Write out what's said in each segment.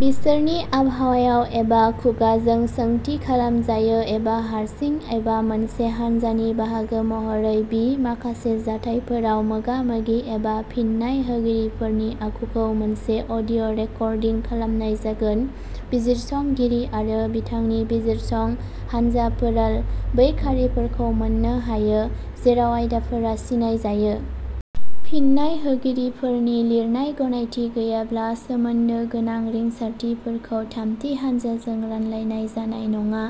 बिसोरनि आबहावायाव एबा खुगाजों सोंथि खालामजायो एबा हारसिं एबा मोनसे हान्जानि बाहागो महरै बि माखासे जाथायफोराव मोगा मोगि एबा फिन्नाय होगिरिफोरनि आखुखौ मोनसे अडिअ रेकर्डिं खालामनाय जागोन। बिजिरसंगिरि आरो बिथांनि बिजिरसं हानजाफोराल बै खारिफोरखौ मोननो हायो जेराव आयदाफोरा सिनायजायो। फिन्नाय होगिरिफोरनि लिरनाय गनायथि गैयाब्ला सोमोन्दो गोनां रिंसारथिफोरखौ थामथि हानजाजों रानलायनाय जानाय नङा।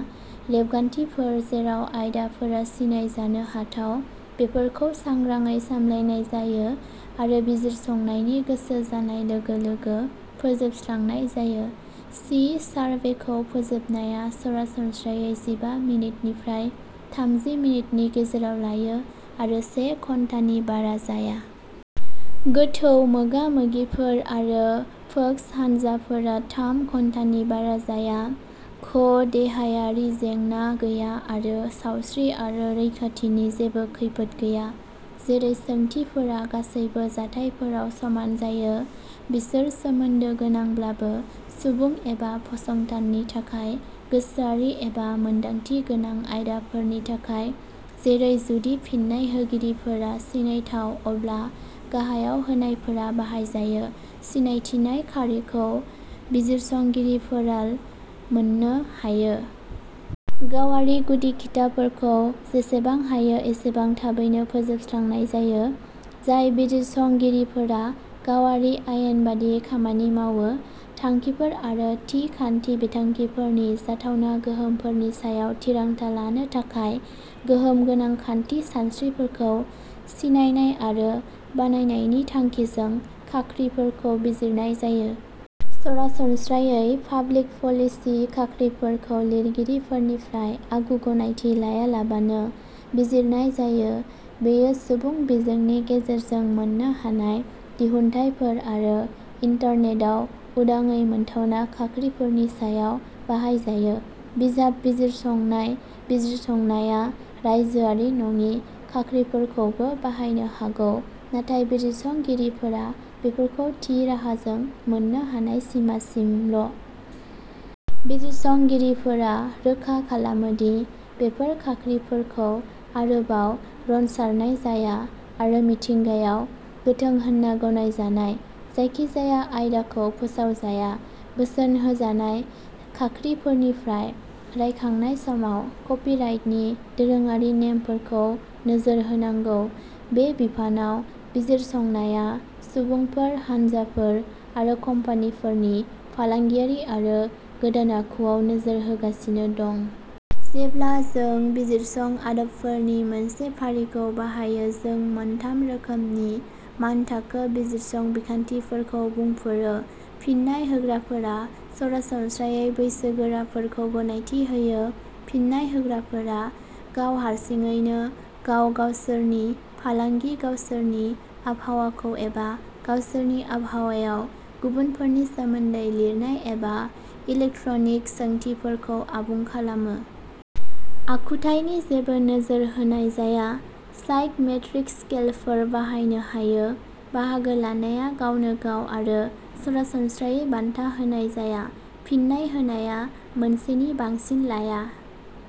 रेबगान्थिफोर जेराव आयदाफोरा सिनायजानो हाथाव बेफोरखौ सांग्राङै सामलायनाय जायो आरो बिजिरसंनायनि गोसो जानाय लोगो लोगो फोजोबस्रांनाय जायो। सि सारभेखौ फोजोबनाया सरासनस्रायै जिबा मिनिटनिफ्राय थाम्जि मिनिटनि गेजेराव लायो आरो से घन्टानि बारा जाया। गोथौ मोगा मोगिफोर आरो फोकस हानजाफोरा थाम घन्टानि बारा जाया। घ देहायारि जेंना गैया आरो सावस्रि आरो रैखाथिनि जेबो खैफोद गैया। जेरै सोंथिफोरा गासैबो जाथायफोराव समान जायो। बिसोर सोमोन्दो गोनांब्लाबो सुबुं एबा फसंथाननि थाखाय गोसोआरि एबा मोनदांथि गोनां आयदाफोरनि थाखाय जेरै जुदि फिन्नाय होगिरिफोरा सिनायथाव अब्ला गाहायाव होनायफोरा बाहायजायो सिनायथिनाय खारिखौ बिजिरसंगिरिफोराल मोननो हायो। गावारि गुदि खिथाफोरखौ जेसेबां हायो एसेबां थाबैनो फोजोबस्रांनाय जायो। जाय बिजिरसंगिरिफोरा गावारि आयेन बादियै खामानि मावो। थांखिफोर आरो थि खान्थि बिथांखिफोरनि जाथावना गोहोमफोरनि सायाव थिरांथा लानो थाखाय गोहोम गोनां खान्थि सानस्रिफोरखौ सिनायनाय आरो बानायनायनि थांखिजों खाख्रिफोरखौ बिजिरनाय जायो। सरासनस्रायै पाब्लिक पलिसि खाख्रिफोरखौ लिरगिरिफोरनिफ्राय आगु गनायथि लायालाबानो बिजिरनाय जायो। बेयो सुबुं बिजोंनि गेजेरजों मोननो हानाय दिहुनथायफोर आरो इन्टारनेटआव उदाङै मोनथावना खाख्रिफोरनि सायाव बाहायजायो। बिजाब बिजिरसंनाय बिजिरसंनाया रायजोआरि नङि खाख्रिफोरखौबो बाहायनो हागौ नाथाय बिजिरसंगिरिफोरा बेफोरखौ थि राहाजों मोननो हानाय सिमासिमल। बिजिरसंगिरिफोरा रोखा खालामो दि बेफोर खाख्रिफोरखौ आरोबाव रनसारनाय जाया आरो मिथिंगायाव गोथों होनना गनायजानाय। जायखिजाया आयदाखौ फोसावजाया। बोसोन होजानाय खाख्रिफोरनिफ्राय रायखांनाय समाव कपिराइटनि दोरोङारि नेमफोरखौ नोजोर होनांगौ। बे बिफानाव बिजिरसंनाया सुबुंफोर हानजाफोर आरो कम्पानिफोरनि फालांगियारि आरो गोदान आखु आव नोजोर होगासिनो दं। जेब्ला जों बिजिरसं आदबफोरनि मोनसे फारिखौ बाहायो जों मोनथाम रोखोमनि मानथाखो बिजिरसं बिखान्थिफोरखौ बुंफोरो। फिन्नाय होग्राफोरा सरासनस्रायै बैसोगोराफोरखौ गनायथि होयो। फिन्नाय होग्राफोरा गाव हारसिङैनो गाव गावसोरनि फालांगि गावसोरनि आबहावाखौ एबा गावसोरनि आबहावायाव गुबुनफोरनि सोमोन्दै लिरनाय एबा इलेक्ट्रनिक सोंथिफोरखौ आबुं खालामो। आखुथायनि जेबो नोजोर होनाय जाया। साइक मेट्रिक स्केलफोर बाहायनो हायो। बाहागो लानाया गावनोगाव आरो सरासनस्रायै बान्था होनाय जाया। फिन्नाय होनाया मोनसेनि बांसिन लाया।